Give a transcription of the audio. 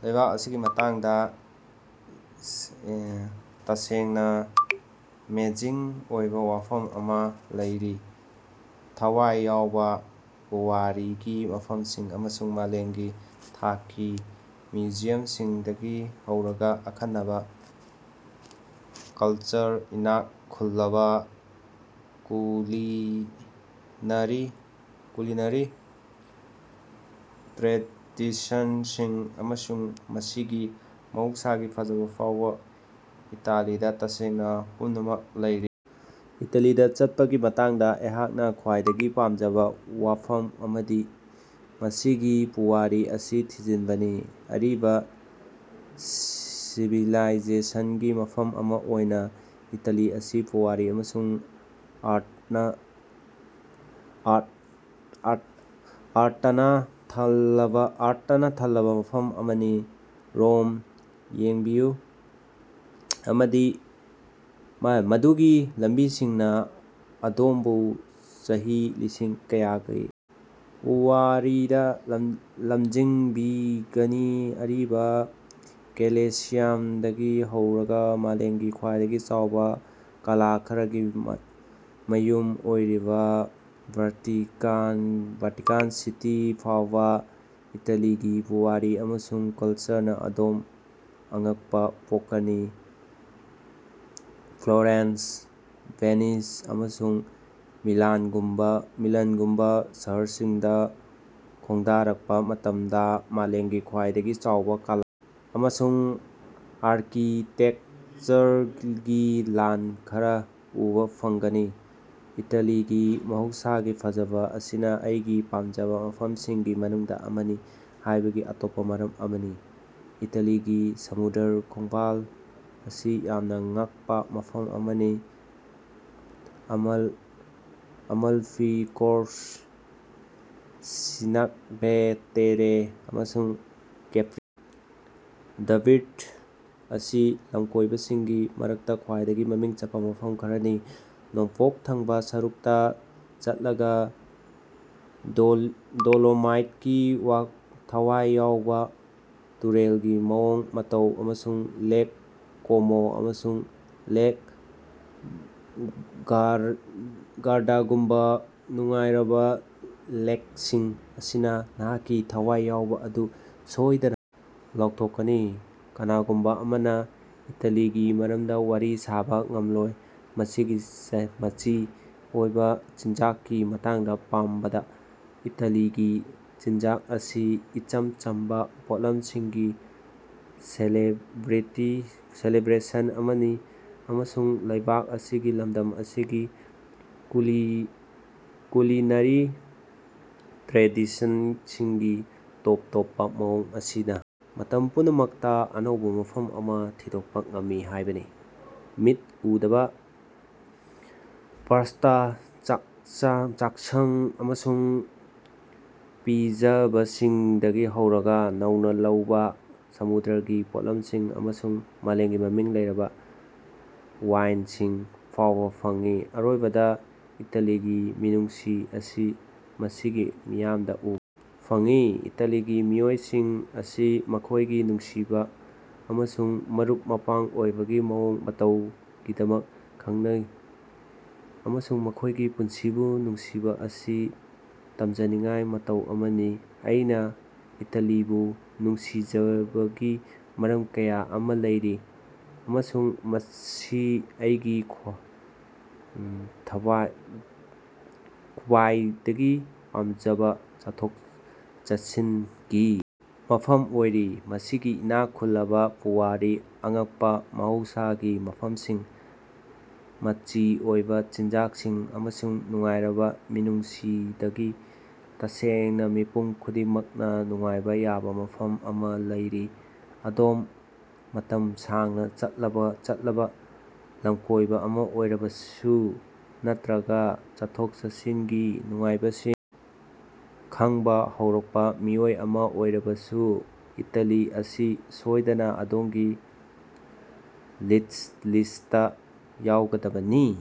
ꯂꯩꯕꯥꯛ ꯑꯁꯤꯒꯤ ꯃꯇꯥꯡꯗ ꯇꯁꯦꯡꯅ ꯃꯦꯖꯤꯛ ꯑꯣꯏꯕ ꯋꯥꯐꯝ ꯑꯃ ꯂꯩꯔꯤ꯫ ꯊꯋꯥꯏ ꯌꯥꯎꯕ ꯄꯨꯋꯥꯔꯤꯒꯤ ꯃꯐꯝꯁꯤꯡ ꯑꯃꯁꯨꯡ ꯃꯥꯂꯦꯝꯒꯤ ꯊꯥꯛꯀꯤ ꯃ꯭ꯌꯨꯖꯤꯌꯝꯁꯤꯡꯗꯒꯤ ꯍꯧꯔꯒ ꯑꯈꯟꯅꯕꯥ ꯀꯂꯆꯔ, ꯏꯅꯥꯛ ꯈꯨꯜꯂꯕ ꯀꯨꯂꯤꯅꯔꯤ ꯇ꯭ꯔꯦꯗꯤꯁꯟꯁꯤꯡ, ꯑꯃꯁꯨꯡ ꯃꯁꯤꯒꯤ ꯃꯍꯧꯁꯥꯒꯤ ꯐꯖꯕ ꯐꯥꯎꯕ ꯏꯇꯥꯂꯤꯗ ꯇꯁꯦꯡꯅ ꯄꯨꯝꯅꯃꯛ ꯂꯩꯔꯤ꯫ ꯏꯇꯥꯂꯤꯗ ꯆꯠꯄꯒꯤ ꯃꯇꯥꯡꯗ ꯑꯩꯍꯥꯛꯅ ꯈ꯭ꯋꯥꯏꯗꯒꯤ ꯄꯥꯝꯖꯕ ꯋꯥꯐꯝ ꯑꯃꯗꯤ ꯃꯁꯤꯒꯤ ꯄꯨꯋꯥꯔꯤ ꯑꯁꯤ ꯊꯤꯖꯤꯟꯕꯅꯤ꯫ ꯑꯔꯤꯕ ꯁꯤꯚꯤꯂꯥꯏꯖꯦꯁꯟꯒꯤ ꯃꯐꯝ ꯑꯃ ꯑꯣꯏꯅ ꯏꯇꯥꯂꯤ ꯑꯁꯤ ꯄꯨꯋꯥꯔꯤ ꯑꯃꯁꯨꯡ ꯑꯥꯔꯇꯅ ꯊꯜꯂꯕ ꯃꯐꯝ ꯑꯃꯅꯤ꯫ ꯔꯣꯝ ꯌꯦꯡꯕꯤꯌꯨ, ꯃꯗꯨꯒꯤ ꯂꯝꯕꯤꯁꯤꯡꯅ ꯑꯗꯣꯝꯕꯨ ꯆꯍꯤ ꯂꯤꯁꯤꯡ ꯀꯌꯥꯒꯤ ꯄꯨꯋꯥꯔꯤꯗ ꯂꯝꯖꯤꯡꯕꯤꯒꯅꯤ, ꯑꯔꯤꯕ ꯀꯦꯂꯦꯁꯤꯌꯝꯗꯒꯤ ꯍꯧꯔꯒ ꯃꯥꯂꯦꯝꯒꯤ ꯈ꯭ꯋꯥꯏꯗꯒꯤ ꯆꯥꯎꯕ ꯀꯂꯥ ꯈꯔꯒꯤ ꯃꯌꯨꯝ ꯑꯣꯏꯔꯤꯕ ꯚ꯭ꯌꯥꯇꯤꯀꯥꯟ ꯁꯤꯇꯤ ꯐꯥꯎꯕ ꯏꯇꯥꯂꯤꯒꯤ ꯄꯨꯋꯥꯔꯤ ꯑꯃꯁꯨꯡ ꯀꯂꯆꯔꯅ ꯑꯗꯣꯝ ꯑꯉꯛꯄ ꯄꯣꯛꯀꯅꯤ꯫ ꯐ꯭ꯂꯣꯔꯦꯟꯁ, ꯚꯦꯅꯤꯁ, ꯑꯃꯁꯨꯡ ꯃꯤꯂꯥꯟꯒꯨꯝꯕ ꯁꯍꯔꯁꯤꯡꯗ ꯈꯣꯡꯗꯥꯔꯛꯄ ꯃꯇꯝꯗ ꯃꯥꯂꯦꯝꯒꯤ ꯈ꯭ꯋꯥꯏꯗꯒꯤ ꯆꯥꯎꯕ ꯀꯂꯥ ꯑꯃꯁꯨꯡ ꯑꯥꯔꯀꯤꯇꯦꯛꯆꯔꯒꯤ ꯂꯟ ꯈꯔ ꯎꯕ ꯐꯪꯒꯅꯤ꯫ ꯏꯇꯥꯂꯤꯒꯤ ꯃꯍꯧꯁꯥꯒꯤ ꯐꯖꯕ ꯑꯁꯤꯅ ꯑꯩꯒꯤ ꯄꯥꯝꯖꯕ ꯃꯐꯝꯁꯤꯡꯒꯤ ꯃꯅꯨꯡꯗ ꯑꯃꯅꯤ ꯍꯥꯏꯕꯒꯤ ꯑꯇꯣꯞꯄ ꯃꯔꯝ ꯑꯃꯅꯤ꯫ ꯏꯇꯥꯂꯤꯒꯤ ꯁꯃꯨꯗ꯭ꯔ ꯈꯣꯡꯕꯥꯜ ꯑꯁꯤ ꯌꯥꯝꯅ ꯉꯛꯄ ꯃꯐꯝ ꯑꯃꯅꯤ, ꯑꯃꯜꯐꯤ ꯀꯣꯁ꯭ꯠ, ꯁꯤꯅꯛꯕꯦ ꯇꯦꯔꯦ ꯑꯃꯁꯨꯡ ꯀꯦꯄ꯭ꯔꯤ ꯗ꯭ꯕꯤꯞ ꯑꯁꯤ ꯂꯝꯀꯣꯏꯕꯁꯤꯡꯒꯤ ꯃꯔꯛꯇ ꯈ꯭ꯋꯥꯏꯗꯒꯤ ꯃꯃꯤꯡ ꯆꯠꯄ ꯃꯐꯝ ꯈꯔꯅꯤ꯫ ꯅꯣꯡꯄꯣꯛ ꯊꯪꯕꯥ ꯁꯔꯨꯛꯇꯥ ꯆꯠꯂꯒꯥ ꯗꯣꯂꯣꯃꯥꯏꯠꯀꯤ ꯊꯋꯥꯏ ꯌꯥꯎꯕ ꯇꯨꯔꯦꯜꯒꯤ ꯃꯑꯣꯡ ꯃꯇꯧ ꯑꯃꯁꯨꯡ ꯂꯦꯛ ꯀꯣꯃꯣ ꯑꯃꯁꯨꯡ ꯂꯦꯛ ꯒꯥꯔꯗꯥꯒꯨꯝꯕꯥ ꯅꯨꯡꯉꯥꯏꯔꯕꯥ ꯂꯦꯛꯁꯤꯡ ꯑꯁꯤꯅ ꯅꯍꯥꯛꯀꯤ ꯊꯋꯥꯏ ꯌꯥꯎꯕ ꯑꯗꯨ ꯁꯣꯏꯗꯅ ꯂꯧꯊꯣꯛꯀꯅꯤ꯫ ꯀꯅꯥꯒꯨꯝꯕ ꯑꯃꯅ ꯏꯇꯥꯂꯤꯒꯤ ꯃꯔꯝꯗ ꯋꯥꯔꯤ ꯁꯥꯕꯥ ꯉꯝꯂꯣꯏ, ꯃꯁꯤꯒꯤ ꯃꯆꯤ ꯑꯣꯏꯕꯥ ꯆꯤꯟꯖꯥꯛꯀꯤ ꯃꯇꯥꯡꯗ ꯄꯥꯝꯕꯗ꯫ ꯏꯇꯥꯂꯤꯒꯤ ꯆꯤꯟꯖꯥꯛ ꯑꯁꯤ ꯏꯆꯝ ꯆꯝꯕꯥ ꯄꯣꯠꯂꯝꯁꯤꯡꯒꯤ ꯁꯦꯂꯦꯕ꯭ꯔꯦꯁꯟ ꯑꯃꯅꯤ, ꯑꯃꯁꯨꯡ ꯂꯩꯕꯥꯛ ꯑꯁꯤꯒꯤ ꯂꯝꯗꯝ ꯑꯁꯤꯒꯤ ꯀꯨꯂꯤꯅꯔꯤ ꯇ꯭ꯔꯦꯗꯤꯁꯟꯁꯤꯡꯒꯤ ꯇꯣꯞ ꯇꯣꯞꯄꯥ ꯃꯑꯣꯡ ꯑꯁꯤꯅꯥ ꯃꯇꯝ ꯄꯨꯝꯅꯃꯛꯇ ꯑꯅꯧꯕ ꯋꯥꯐꯝ ꯑꯃ ꯊꯤꯗꯣꯛꯄ ꯉꯝꯃꯤ ꯍꯥꯏꯕꯅꯤ꯫ ꯃꯤꯠ ꯎꯗꯕ ꯄꯥꯁꯇꯥ ꯆꯥꯛꯁꯪ ꯑꯃꯁꯨꯡ ꯄꯤꯖꯕꯁꯤꯡꯗꯒꯤ ꯍꯧꯔꯒꯥ ꯅꯧꯅꯥ ꯂꯧꯕꯥ ꯁꯃꯨꯗ꯭ꯔꯒꯤ ꯄꯣꯠꯂꯝꯁꯤꯡ ꯑꯃꯁꯨꯡ ꯃꯥꯂꯦꯝꯒꯤ ꯃꯃꯤꯡ ꯂꯩꯔꯕ ꯋꯥꯏꯟꯁꯤꯡ ꯐꯥꯎꯕ ꯐꯪꯏ꯫ ꯑꯔꯣꯏꯕꯗ ꯏꯇꯥꯂꯤꯒꯤ ꯃꯤꯅꯨꯡꯁꯤ ꯑꯁꯤ ꯃꯁꯤꯒꯤ ꯃꯤꯌꯥꯝꯗ ꯎꯕ ꯐꯪꯏ꯫ ꯏꯇꯥꯂꯤꯒꯤ ꯃꯤꯑꯣꯏꯁꯤꯡ ꯑꯁꯤ ꯃꯈꯣꯏꯒꯤ ꯅꯨꯡꯁꯤꯕ ꯑꯃꯁꯨꯡ ꯃꯔꯨꯞ-ꯃꯄꯥꯡ ꯑꯣꯏꯕꯒꯤ ꯃꯑꯣꯡ ꯃꯇꯧꯒꯤꯗꯃꯛ ꯈꯪꯅꯩ, ꯑꯃꯁꯨꯡ ꯃꯈꯣꯏꯒꯤ ꯄꯨꯟꯁꯤꯕꯨ ꯅꯨꯡꯁꯤꯕ ꯑꯁꯤ ꯇꯝꯖꯅꯤꯉꯥꯏ ꯃꯇꯧ ꯑꯃꯅꯤ꯫ ꯑꯩꯅ ꯏꯇꯥꯂꯤꯕꯨ ꯅꯨꯡꯁꯤꯖꯕꯒꯤ ꯃꯔꯝ ꯀꯌꯥ ꯑꯃꯥ ꯂꯩꯔꯤ, ꯑꯃꯁꯨꯡ ꯃꯁꯤ ꯑꯩꯒꯤ ꯈ꯭ꯕꯥꯏꯗꯒꯤ ꯄꯥꯃꯖꯕꯥ ꯆꯠꯊꯣꯛ-ꯆꯠꯁꯤꯅꯒꯤ ꯃꯐꯝ ꯑꯣꯏꯔꯤ꯫ ꯃꯁꯤꯒꯤ ꯏꯅꯥꯛ ꯈꯨꯜꯂꯕꯥ ꯄꯨꯋꯥꯔꯤ, ꯑꯉꯛꯄ ꯃꯍꯧꯁꯥꯒꯤ ꯃꯐꯝꯁꯤꯡ, ꯃꯆꯤ ꯑꯣꯏꯕ ꯆꯤꯟꯖꯥꯛꯁꯤꯡ, ꯑꯃꯁꯨꯡ ꯅꯨꯡꯉꯥꯏꯔꯕ ꯃꯤꯅꯨꯡꯁꯤꯗꯒꯤ, ꯇꯁꯦꯡꯅꯥ ꯃꯤꯄꯨꯝ ꯈꯨꯗꯤꯡꯃꯛꯅ ꯅꯨꯡꯉꯥꯏꯕ ꯌꯥꯕ ꯋꯥꯐꯝ ꯑꯃ ꯂꯩꯔꯤ꯫ ꯑꯗꯣꯝ ꯃꯇꯝ ꯁꯥꯡꯅ ꯆꯠꯂꯕ ꯂꯝꯀꯣꯏꯕ ꯑꯃ ꯑꯣꯏꯔꯕꯁꯨ, ꯅꯠꯇ꯭ꯔꯒ ꯆꯠꯊꯣꯛ-ꯆꯠꯁꯤꯟꯒꯤ ꯅꯨꯡꯉꯥꯏꯕꯁꯤꯡ ꯈꯪꯕꯥ ꯍꯧꯔꯛꯄ ꯃꯤꯑꯣꯏ ꯑꯃ ꯑꯣꯏꯔꯕꯁꯨ, ꯏꯇꯥꯂꯤ ꯑꯁꯤ ꯁꯣꯏꯗꯅ ꯑꯗꯣꯝꯒꯤ ꯂꯤꯁꯇ ꯌꯥꯎꯒꯗꯕꯅꯤ꯫